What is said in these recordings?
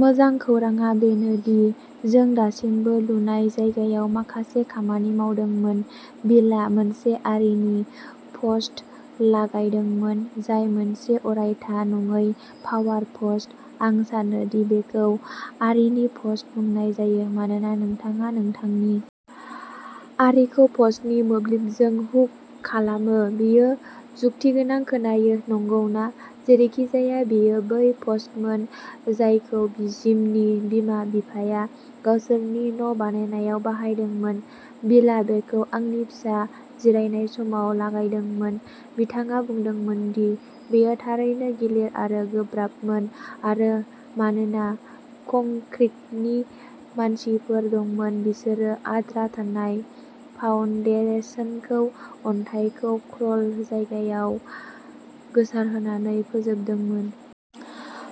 मोजां खौरांआ बेनो दि जों दासिमबो लुनाय जायगायाव माखासे खामानि मावदोंमोन बिलआ मोनसे आरीनि पस्ट लागायदोंमोन जाय मोनसे अरायथा नङै पावार पस्ट आं सानो दि बेखौ आरीनि पस्ट बुंनाय जायो मानोना नोंथाङा नोंथांनि आरीखौ पस्टनि मोब्लिबजों हुक खालामो बेयो जुक्तिगोनां खोनायो नंगौना जेरैखिजाया बेयो बै पस्टमोन जायखौ जिमनि बिमा बिफाया गावसोरनि न'बानायनायाव बाहायदोंमोन बिलआ बेखौ आंनि फिसा जिरायनाय समाव लागायदोंमोन बिथाङा बुंदोंमोन दि बेयो थारैनो गिलिर आरो गोब्राबमोन आरो मानोना कंक्रिटनि मानसिफोर दंमोन बिसोरो आद्रा थानाय फाउन्डेशनखौ अन्थाइखौ क्रल जायगायाव गोसारहोनानै फोजोबदोंमोन।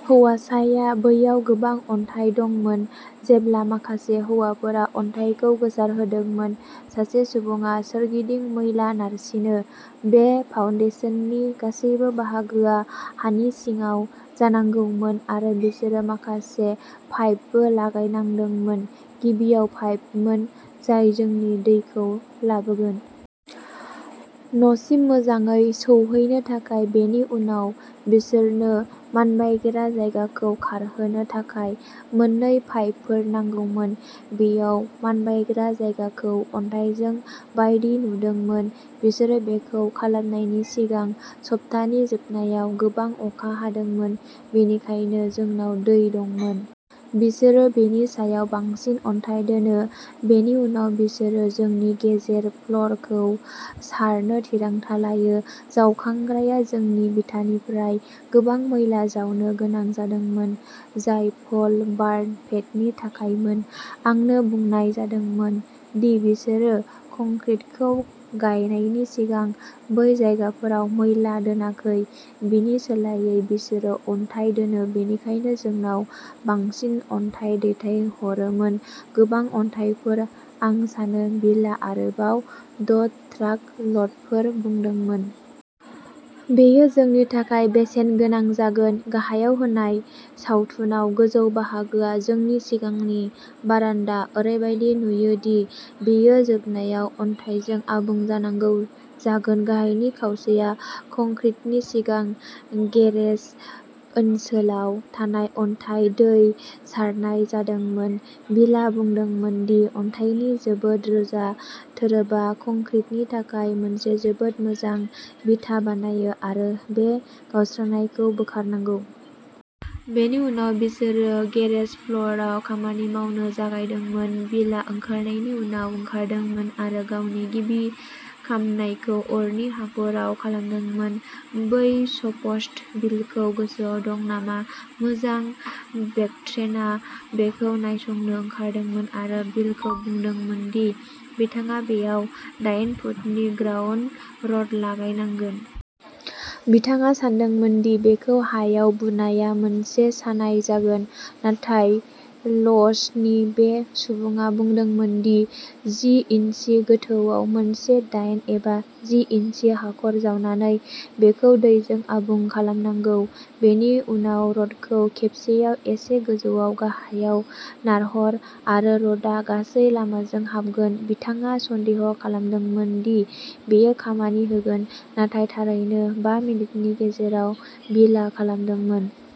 हौवासाआ बैयाव गोबां अन्थाइ दंमोन जेब्ला माखासे हौवाफोरा अन्थाइखौ गोसारहोदोंमोन सासे सुबुङा सोरगिदिं मैला नारसिनो! बे फाउन्डेशननि गासैबो बाहागोआ हानि सिङाव जानांगौमोन आरो बिसोरो माखासे पाइपबो लागायनांदोंमोन गिबियाव पाइपमोन जाय जोंनि दैखौ लाबोगोन न'सिम मोजाङै सौहैनो थाखाय बेनि उनाव बिसोरनो मानबायग्रा जायगाखौ खारहोनो थाखाय मोननै पाइपफोर नांगौमोन बेयाव मानबायग्रा जायगाखौ अन्थाइजों बायदि नुदोंमोन बिसोर बेखौ खालामनायनि सिगां सप्तानि जोबनायाव गोबां अखा हादोंमोन बेनिखायनो जोंनाव दै दंमोन बिसोरो बेनि सायाव बांसिन अन्थाइ दोनो बेनि उनाव बिसोरो जोंनि गेरेज फ्ल'रखौ सारनो थिरांथा लायो जावखांग्राया जोंनि बिथानिफ्राय गोबां मैला जावनो गोनां जादोंमोन जाय प'ल बार्न पेडनि थाखायमोन आंनो बुंनाय जादोंमोन दि बिसोरो कंक्रिटखौ गायनायनि सिगां बै जायगाफोराव मैला दोनाखै बिनि सोलायै बिसोरो अन्थाइ दोनो बेनिखायनो जोंनाव बांसिन अन्थाइ दैथायहरोमोन गोबां अन्थाइफोर आं सानो बिलआ आरोबाव द' ट्राक ल'डफोर बुंदोंमोन। बेयो जोंनि थाखाय बेसेन गोनां जागोन गाहायाव होनाय सावथुनाव गोजौ बाहागोआ जोंनि सिगांनि बारान्दा ओरैबायदि नुयो दि बेयो जोबनायाव अन्थाइजों आबुं जानांगौ जागोन गाहायनि खावसेया कंक्रिटनि सिगां गेरेज ओनसोलाव थानाय अन्थाइ दै सारनाय जादोंमोन बिलआ बुंदोंमोन दि अन्थाइनि जोबोद रोजा थोरोबआ कंक्रिटनि थाखाय मोनसे जोबोद मोजां बिथा बानायो आरो बे गावस्रानायखौ बोखारनांगौ। बेनि उनाव बिसोरो गेरेज फ्ल'रआव खामानि मावनो जागायदोंमोन। बिलआ ओंखारनायनि उनाव ओंखारदोंमोन आरो गावनि गिबि खामनायखौ अरनि हाखराव खालामदोंमोन। बै स'पस्ट बिलखौ गोसोआव दं नामा मोजां भेक्ट्रेनआ बेखौ नायसंनो ओंखारदोंमोन आरो बिलनो बुंदोंमोन दि बिथाङा बेयाव दाइन फुटनि ग्राउन्ड रड लागायनांगोन। बिथाङा सानदोंमोन दि बेखौ हायाव बुनाया मोनसे सानाय जागोन। नाथाय ल'व्सनि बे सुबुङा बुंदोंमोन दि जि इन्सि गोथौआव मोनसे दाइन एबा जि इन्सि हाखर जावनानै बेखौ दैजों आबुं खालामनांगौ। बेनि उनाव रडखौ खेबसेआव एसे गोजौआव गाहायाव नारहर आरो रडआ गासै लामाजों हाबगोन बिथाङा सन्देह खालामदोंमोन दि बेयो खामानि होगोन नाथाय थारैनो बा मिनिटनि गेजेराव बिलआ खालामदोंमोन।